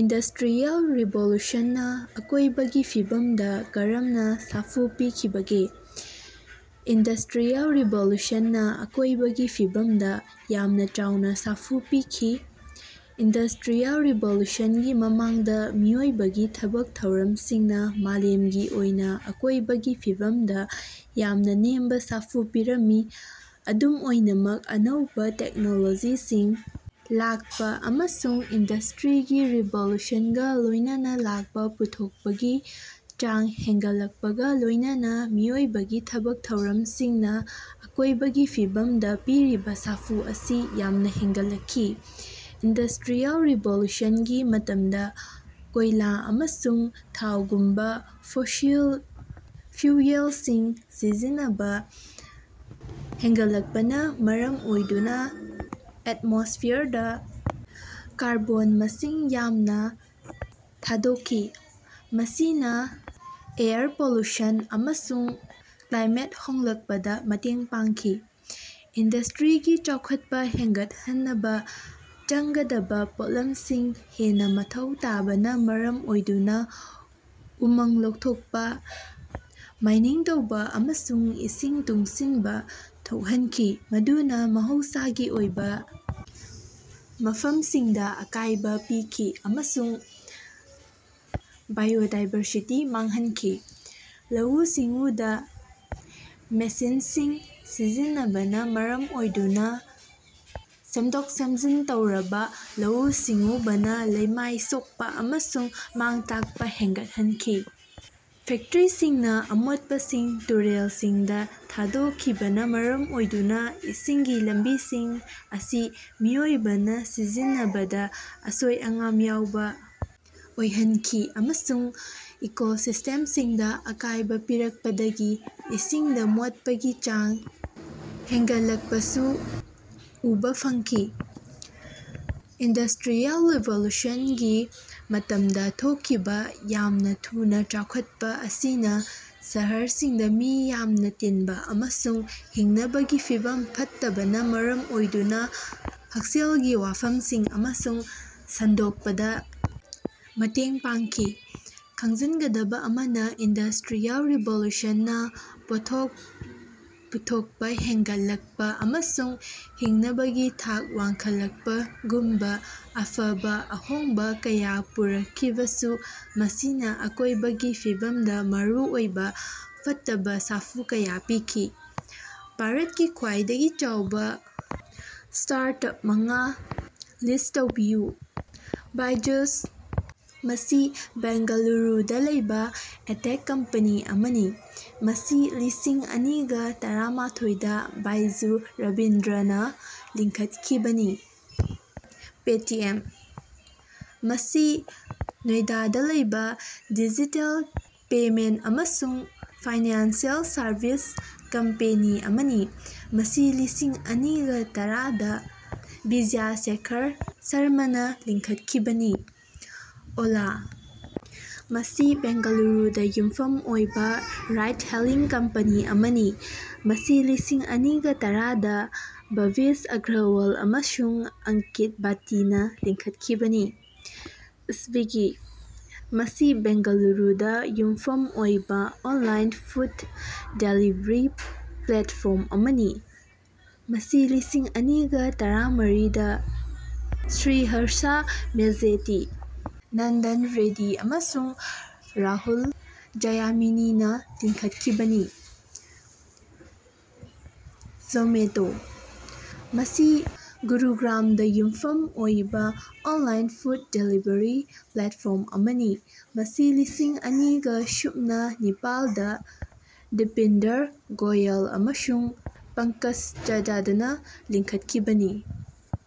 Industrial ꯔꯤꯚꯣꯂꯨꯁꯟꯅ ꯑꯀꯣꯢꯕꯒꯤ ꯐꯤꯕꯝꯗ ꯀꯔꯝꯅ ꯁꯥꯐꯨ ꯄꯤꯈꯤꯕꯒꯦ? ꯏꯟꯗꯁꯇ꯭ꯔꯤꯌꯦꯜ ꯔꯤꯚꯣꯂꯨꯁꯟꯅ ꯑꯀꯣꯢꯕꯒꯤ ꯐꯤꯕꯝꯗ ꯌꯥꯝꯅ ꯆꯥꯎꯅ ꯁꯥꯐꯨ ꯄꯤꯈꯤ꯫ ꯏꯟꯗꯁꯇ꯭ꯔꯤꯌꯦꯜ ꯔꯤꯚꯣꯂꯨꯁꯟꯒꯤ ꯃꯃꯥꯡꯗ ꯃꯤꯑꯣꯏꯕꯒꯤ ꯊꯕꯛ ꯊꯧꯔꯝꯁꯤꯡꯅ ꯃꯥꯂꯦꯝꯒꯤ ꯑꯣꯏꯅ ꯑꯀꯣꯏꯕꯒꯤ ꯐꯤꯕꯝꯗ ꯌꯥꯝꯅ ꯅꯦꯝꯕ ꯁꯥꯐꯨ ꯄꯤꯔꯝꯃꯤ꯫ ꯑꯗꯨꯝ ꯑꯣꯏꯅꯃꯛ ꯑꯅꯧꯕꯥ ꯇꯦꯛꯅꯣꯂꯣꯖꯤꯁꯤꯡ ꯂꯥꯛꯄ ꯑꯃꯁꯨꯡ ꯏꯟꯗꯁꯇ꯭ꯔꯤꯒꯤ ꯔꯤꯚꯣꯂꯨꯁꯟꯒ ꯂꯣꯏꯅꯅ ꯂꯥꯛꯄ ꯄꯨꯊꯣꯛꯄꯒꯤ ꯆꯥꯡ ꯍꯦꯟꯒꯠꯂꯛꯄꯒ ꯂꯣꯏꯅꯅꯥ ꯃꯤꯑꯣꯏꯕꯒꯤ ꯊꯕꯛ ꯊꯧꯔꯝꯁꯤꯡꯅ ꯑꯀꯣꯢꯕꯒꯤ ꯐꯤꯕꯝꯗ ꯄꯤꯔꯤꯕꯥ ꯁꯥꯐꯨ ꯑꯁꯤ ꯌꯥꯝꯅ ꯍꯦꯟꯒꯠꯂꯛꯈꯤ꯫ ꯏꯟꯗꯁꯇ꯭ꯔꯤꯌꯦꯜ ꯔꯤꯚꯣꯂꯨꯁꯟꯒꯤ ꯃꯇꯝꯗꯥ ꯀꯣꯢꯂꯥ ꯑꯃꯁꯨꯡ ꯊꯥꯎꯒꯨꯝꯕ ꯐꯣꯁꯤꯜ ꯐ꯭ꯌꯨꯑꯦꯜꯁꯤꯡ ꯁꯤꯖꯤꯟꯅꯕ ꯍꯦꯅꯒꯠꯂꯛꯄꯅ ꯃꯔꯝ ꯑꯣꯏꯗꯨꯅ ꯑꯦꯠꯃꯣꯁꯐꯤꯌꯔꯗ ꯀꯥꯔꯕꯣꯟ ꯃꯁꯤꯡ ꯌꯥꯝꯅ ꯊꯥꯗꯣꯛꯈꯤ ꯃꯁꯤꯅ ꯑꯦꯌꯔ ꯄꯣꯂꯨꯁꯟ ꯑꯃꯁꯨꯡ ꯀ꯭ꯂꯥꯏꯃꯦꯠ ꯍꯣꯡꯂꯛꯄꯗ ꯃꯇꯦꯡ ꯄꯥꯡꯈꯤ꯫ ꯏꯟꯗꯁꯇ꯭ꯔꯤꯒꯤ ꯆꯥꯎꯈꯠꯄ ꯍꯦꯟꯒꯠꯍꯟꯅꯕ ꯆꯪꯒꯗꯕ ꯄꯣꯠꯂꯝꯁꯤꯡ ꯍꯦꯟꯅ ꯃꯊꯧ ꯇꯥꯕꯅ ꯃꯔꯝ ꯑꯣꯏꯗꯨꯅ ꯎꯃꯪ ꯂꯧꯊꯣꯛꯄ ꯃꯥꯏꯅꯤꯡ ꯇꯧꯕꯥ ꯑꯃꯁꯨꯡ ꯏꯁꯤꯡ ꯇꯨꯡꯁꯤꯟꯕ ꯊꯣꯛꯍꯟꯈꯤ ꯃꯗꯨꯅ ꯃꯍꯧꯁꯥꯒꯤ ꯑꯣꯏꯕ ꯃꯐꯝꯁꯤꯡꯗ ꯑꯀꯥꯏꯕ ꯄꯤꯈꯤ ꯑꯃꯁꯨꯡ ꯕꯥꯏꯑꯣꯗꯥꯏꯕꯔꯁꯤꯇꯤ ꯃꯥꯡꯍꯟꯈꯤ꯫ ꯂꯧꯎ-ꯁꯤꯡꯎꯗ ꯃꯦꯁꯤꯟꯁꯤꯡ ꯁꯤꯖꯤꯟꯅꯕꯅ ꯃꯔꯝ ꯑꯣꯏꯗꯨꯅ ꯁꯦꯝꯗꯣꯛ ꯁꯦꯝꯖꯤꯟ ꯇꯧꯔꯕꯥ ꯂꯧꯎ-ꯁꯤꯡꯎꯕꯅ ꯂꯩꯃꯥꯏ ꯁꯣꯛꯄꯥ ꯑꯃꯁꯨꯡ ꯃꯥꯡ-ꯇꯥꯛꯄ ꯍꯦꯟꯒꯠꯍꯟꯈꯤ꯫ ꯐꯦꯛꯇꯔꯤꯁꯤꯡꯅ ꯑꯃꯣꯠꯄꯁꯤꯡ ꯇꯨꯔꯦꯜꯁꯤꯡꯗ ꯊꯥꯗꯣꯛꯈꯤꯕꯅ ꯃꯔꯝ ꯑꯣꯏꯗꯨꯅ ꯏꯁꯤꯡꯒꯤ ꯂꯝꯕꯤꯁꯤꯡ ꯑꯁꯤ ꯃꯤꯑꯣꯏꯕꯅ ꯁꯤꯖꯤꯟꯅꯕꯗ ꯑꯁꯣꯏ-ꯑꯉꯥꯝ ꯌꯥꯎꯕ ꯑꯣꯏꯍꯟꯈꯤ ꯑꯃꯁꯨꯡ ꯏꯀꯣꯁꯤꯁꯇꯦꯝꯁꯤꯡꯗ ꯑꯀꯥꯢꯕ ꯄꯤꯔꯛꯄꯗꯒꯤ ꯏꯁꯤꯡꯗ ꯃꯣꯠꯄꯒꯤ ꯆꯥꯡ ꯍꯦꯅꯒꯠꯂꯛꯄꯁꯨ ꯎꯕꯥ ꯐꯪꯈꯤ꯫ ꯏꯟꯗꯁꯇ꯭ꯔꯤꯌꯦꯜ ꯔꯤꯚꯣꯂꯨꯁꯟꯒꯤ ꯃꯇꯝꯗ ꯊꯣꯛꯈꯤꯕ ꯌꯥꯝꯅ ꯊꯨꯅꯥ ꯆꯥꯎꯈꯠꯄ ꯑꯁꯤꯅ ꯁꯍꯔꯁꯤꯡꯗ ꯃꯤ ꯌꯥꯝꯅ ꯇꯤꯟꯕ ꯑꯃꯁꯨꯡ ꯍꯤꯡꯅꯕꯒꯤ ꯐꯤꯚꯝ ꯐꯠꯇꯕꯅ ꯃꯔꯝ ꯑꯣꯏꯗꯨꯅ ꯍꯛꯁꯦꯜꯒꯤ ꯋꯥꯐꯝꯁꯤꯡ ꯑꯃꯁꯨꯡ ꯁꯟꯗꯣꯛꯄꯗ ꯃꯇꯦꯡ ꯄꯥꯡꯈꯤ꯫ ꯈꯪꯖꯤꯟꯒꯗꯕ ꯑꯃꯅ ꯏꯟꯗꯁꯇ꯭ꯔꯤꯌꯦꯜ ꯔꯤꯚꯣꯂꯨꯁꯟꯅ ꯄꯣꯠꯊꯣꯛ ꯄꯨꯊꯣꯛꯄ ꯍꯦꯟꯒꯠꯂꯛꯄ ꯑꯃꯁꯨꯡ ꯍꯤꯡꯅꯕꯒꯤ ꯊꯥꯛ ꯋꯥꯡꯈꯠꯂꯛꯄꯒꯨꯝꯕ ꯑꯐꯕ ꯑꯍꯣꯡꯕ ꯀꯌꯥ ꯄꯨꯔꯛꯈꯤꯕꯁꯨ ꯃꯁꯤꯅ ꯑꯀꯣꯏꯕꯒꯤ ꯐꯤꯕꯝꯗ ꯃꯔꯨꯑꯣꯏꯕ ꯐꯠꯇꯕ ꯁꯥꯐꯨ ꯀꯌꯥ ꯄꯤꯈꯤ꯫ ꯚꯥꯔꯇꯀꯤ ꯈ꯭ꯋꯥꯏꯗꯒꯤ ꯆꯥꯎꯕ ꯁ꯭ꯇꯥꯔꯠꯑꯞ ꯃꯉꯥ ꯂꯤꯁ꯭ꯠ ꯇꯧꯕꯤꯌꯨ꯫ ꯕꯥꯏꯖꯨꯁ- ꯃꯁꯤ ꯕꯦꯡꯒꯂꯨꯔꯨꯗ ꯂꯩꯕꯥ ꯑꯦꯗꯇꯦꯛ ꯀꯝꯄꯦꯅꯤ ꯑꯃꯅꯤ ꯃꯁꯤ ꯂꯤꯁꯤꯡ ꯑꯅꯤꯒ ꯇꯔꯥꯃꯊꯣꯏꯗ ꯕꯥꯏꯖꯨ ꯔꯕꯤꯟꯗ꯭ꯔꯅꯥ ꯂꯤꯡꯈꯠꯈꯤꯕꯅꯤ꯫ ꯄꯦꯇꯤꯑꯦꯝ- ꯃꯁꯤ ꯅꯣꯏꯗꯥꯗ ꯂꯩꯕꯥ ꯗꯤꯖꯤꯇꯦꯜ ꯄꯦꯃꯦꯟꯇ ꯑꯃꯁꯨꯡ ꯐꯥꯏꯅꯥꯟꯁꯤꯑꯦꯜ ꯁꯔꯕꯤꯁ ꯀꯝꯄꯦꯅꯤ ꯑꯃꯅꯤ ꯃꯁꯤ ꯂꯤꯁꯤꯡ ꯑꯅꯤꯒ ꯇꯔꯥꯗ ꯕꯤꯖꯌ ꯁꯦꯈꯔ ꯁꯔꯃꯥꯅ ꯂꯤꯡꯈꯠꯈꯤꯕꯅꯤ꯫ ꯑꯣꯂꯥ- ꯃꯁꯤ ꯕꯦꯡꯒꯂꯨꯔꯨꯗꯥ ꯌꯨꯝꯐꯝ ꯑꯣꯏꯕꯥ ꯔꯥꯏꯗ-ꯍꯦꯂꯤꯡ ꯀꯝꯄꯦꯅꯤ ꯑꯃꯅꯤ ꯃꯁꯤ ꯂꯤꯁꯤꯡ ꯑꯅꯤꯒ ꯇꯔꯥꯗ ꯚꯕꯤꯁ ꯑꯒꯔꯋꯥꯜ ꯑꯃꯁꯨꯡ ꯑꯪꯀꯤꯠ ꯚꯥꯇꯤꯅ ꯂꯤꯡꯈꯠꯈꯤꯕꯅꯤ꯫ ꯁ꯭ꯕꯤꯒꯤ- ꯃꯁꯤ ꯕꯦꯡꯒꯂꯨꯔꯨꯗꯥ ꯌꯨꯝꯐꯝ ꯑꯣꯏꯕ ꯑꯣꯅꯂꯥꯏꯟ ꯐꯨꯗ ꯗꯦꯂꯤꯕꯔꯤ ꯄ꯭ꯂꯦꯠꯐꯣꯔꯝ ꯑꯃꯅꯤ ꯃꯁꯤ ꯂꯤꯁꯤꯡ ꯑꯅꯤꯒ ꯇꯔꯥꯃꯔꯤꯗ ꯁ꯭ꯔꯤꯍꯔꯁꯥ ꯃꯦꯖꯦꯇꯤ ꯅꯟꯗꯟ ꯔꯦꯗ꯭ꯗꯤ ꯑꯃꯁꯨꯡ ꯔꯥꯍꯨꯜ ꯖꯌꯃꯤꯅꯤꯅꯥ ꯂꯤꯡꯈꯠꯈꯤꯕꯅꯤ꯫ ꯖꯣꯃꯦꯇꯣ- ꯃꯁꯤ ꯒꯨꯔꯨꯒ꯭ꯔꯥꯝꯗ ꯌꯨꯝꯐꯝ ꯑꯣꯏꯕ ꯑꯣꯟꯂꯥꯏꯟ ꯐꯨꯗ ꯗꯦꯂꯤꯕꯔꯤ ꯄ꯭ꯂꯦꯠꯐꯣꯔꯝ ꯑꯃꯅꯤ ꯃꯁꯤ ꯂꯤꯁꯤꯡ ꯑꯅꯤꯒ ꯁꯨꯞꯅ ꯅꯤꯄꯥꯜꯗ ꯗꯤꯄꯤꯟꯗꯔ ꯒꯣꯌꯜ ꯑꯃꯁꯨꯡ ꯄꯡꯀꯖ ꯆꯗꯗꯥꯅꯥ ꯂꯤꯡꯈꯠꯈꯤꯕꯅꯤ꯫